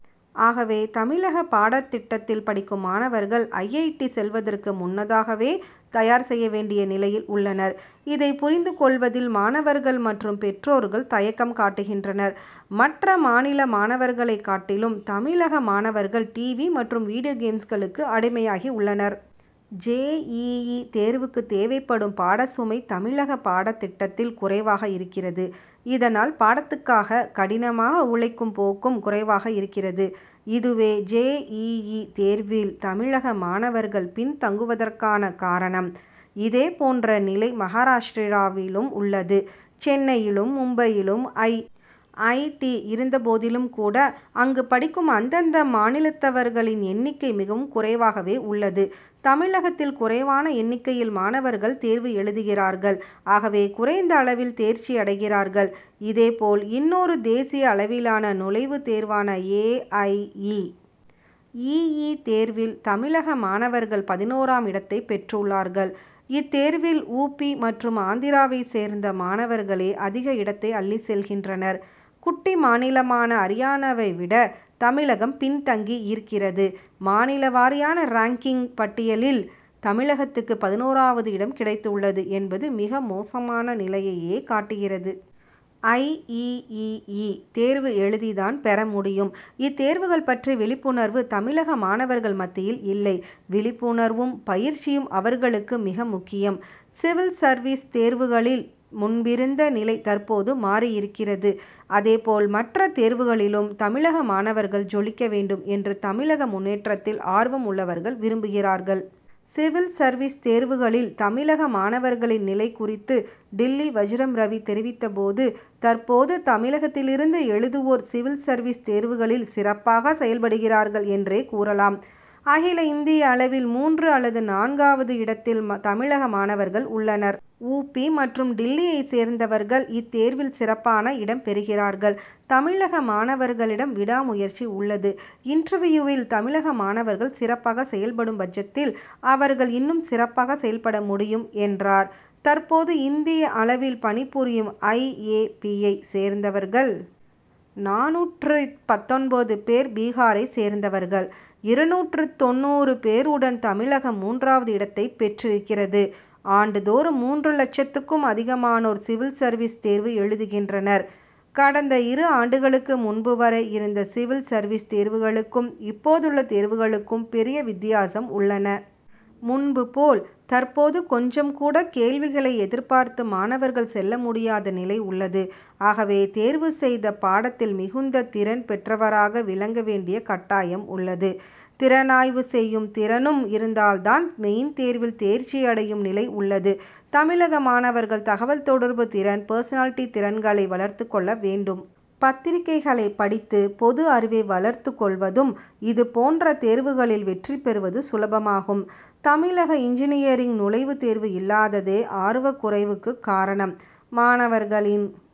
ஆகவே, தமிழக பாடத்திட்டத்தில் படிக்கும் மாணவர்கள், ஐ. ஐ. டி., செல்வதற்கு முன்னதாகவே தயார் செய்ய வேண்டிய நிலையில் உள்ளனர். இதை புரிந்து கொள்வதில் மாணவர்கள் மற்றும் பெற்றோர்கள் தயக்கம் காட்டுகின்றனர். மற்ற மாநில மாணவர்களைக் காட்டிலும் தமிழக மாணவர்கள் "டிவி' மற்றும் வீடியோ கேம்ஸ்களுக்கு அடிமையாகி உள்ளனர். ஜே. இ. இ., தேர்வுக்கு தேவைப்படும் பாடச் சுமை தமிழக பாடத்திட்டத்தில் குறைவாக இருக்கிறது. இதனால் பாடத்துக்காக கடினமாக உழைக்கும் போக்கும் குறைவாக இருக்கிறது. இதுவே ஜே. இ. இ., தேர்வில் தமிழக மாணவர்கள் பின்தங்குவதற்கான காரணம். இதே போன்ற நிலை மகாராஷ்டிராவிலும் உள்ளது. சென்னையிலும் மும்பையிலும் ஐ. ஐ. டி., இருந்த போதிலும் கூட, அங்கு படிக்கும் அந்தந்த மாநிலத்தவர்களின் எண்ணிக்கை மிகவும் குறைவாகவே உள்ளது. தமிழகத்தில் குறைவான எண்ணிக்கையில் மாணவர்கள் தேர்வு எழுதுகிறார்கள். ஆகவே குறைந்த அளவில் தேர்ச்சி அடைகிறார்கள். இதே போல், இன்னொரு தேசிய அளவிலானநுழைவுத் தேர்வான ஏ. ஐ. இ. இ. இ., தேர்வில் தமிழகமாணவர்கள் பதினொறாம் இடத்தைப் பெற்றுள்ளார்கள். இத்தேர்வில் உ. பி., மற்றும் ஆந்திராவைச் சேர்ந்த மாணவர்களே அதிக இடத்தை அள்ளிச் செல்கின்றனர். குட்டி மாநிலமான அரியானாவை விட தமிழகம் பின்தங்கியிருக்கிறது. மாநில வாரியான ரேங்கிங் பட்டியலில் தமிழகத்துக்கு பதினொறாவது இடம் கிடைத்துள்ளது என்பது மிக மோசமான நிலையையே காட்டுகிறது. ஐ. இ. இ. இ., தேர்வு எழுதித்தான் பெறமுடியும். இத்தேர்வுகள்பற்றி விழிப்புணர்வு தமிழக மாணவர்கள் மத்தியில் இல்லை. விழிப்புணர்வும் பயிற்சியும் அவர்களுக்கு மிக முக்கியம். சிவில் சர்வீஸ் தேர்வுகளில் முன்பிருந்த நிலை தற்போது மாறியிருக்கிறது. அதேபோல், மற்ற தேர்வுகளிலும் தமிழக மாணவர்கள் ஜொலிக்க வேண்டும் என்று தமிழக முன்னேற்றத்தில் ஆர்வம் உள்ளவர்கள் விரும்புகிறார்கள். சிவில் சர்வீஸ் தேர்வுகளில் தமிழக மாணவர்களின் நிலை குறித்து டில்லி வஜ்ரம் ரவி தெரிவித்த போது, தற்போது தமிழகத்திலிருந்து எழுதுவோர் சிவில் சர்வீஸ் தேர்வுகளில் சிறப்பாக செயல்படுகிறார்கள் என்றே கூறலாம். அகில இந்திய அளவில் மூன்று அல்லது நான்கு வது இடத்தில் தமிழக மாணவர்கள் உள்ளனர். உ. பி., மற்றும் டில்லியை சேர்ந்தவர்கள் இத்தேர்வில் சிறப்பான இடம் பெறுகிறார்கள். தமிழக மாணவர்களிடம் விடா முயற்சி உள்ளது. இன்டர்வியூவில் தமிழக மாணவர்கள் சிறப்பாக செயல்படும் பட்சத்தில் அவர்கள் இன்னும் சிறப்பாக செயல்படமுடியும்' என்றார். தற்போது, இந்திய அளவில் பணிபுரியும் ஐ. ஏ. பி.,யை சேர்ந்தவர்கள். நானூற்று பத்தொன்பது பேர் பீகாரை சேர்ந்தவர்கள். இருநூற்று தொண்ணூறு பேருடன் தமிழகம் மூன்றாவது இடத்தைப் பெற்றிருக்கிறது. ஆண்டுதோறும் மூன்று லட்சத்துக்கும் அதிகமானோர் சிவில் சர்வீஸ் தேர்வு எழுதுகின்றனர். கடந்த இரு ஆண்டுகளுக்கு முன்பு வரை இருந்த சிவில் சர்வீஸ் தேர்வுகளுக்கும் இப்போதுள்ள தேர்வுகளுக்கும் பெரிய வித்தியாசம் உள்ளன. முன்பு போல், தற்போது கொஞ்சம் கூட, கேள்விகளை எதிர்பார்த்து மாணவர்கள் செல்ல முடியாத நிலை உள்ளது. ஆகவே, தேர்வு செய்த பாடத்தில் மிகுந்த திறன் பெற்றவராக விளங்க வேண்டிய கட்டாயம் உள்ளது. திறனாய்வு செய்யும்திறனும் இருந்தால்தான் மெயின் தேர்வில் தேர்ச்சி அடையும் நிலை உள்ளது. தமிழக மாணவர்கள் தகவல் தொடர்புத் திறன், பெர்சனாலிட்டி திறன்களை வளர்த்துக் கொள்ள வேண்டும். பத்திரிகைகளை படித்து பொது அறிவை வளர்த்துக் கொள்வதும் இதுபோன்ற தேர்வுகளில் வெற்றிபெறுவது சுலபமாகும். தமிழக இன்ஜினியரிங் நுழைவுத் தேர்வு இல்லாததே ஆர்வக்குறைவுக்கு காரணம் மாணவர்களின்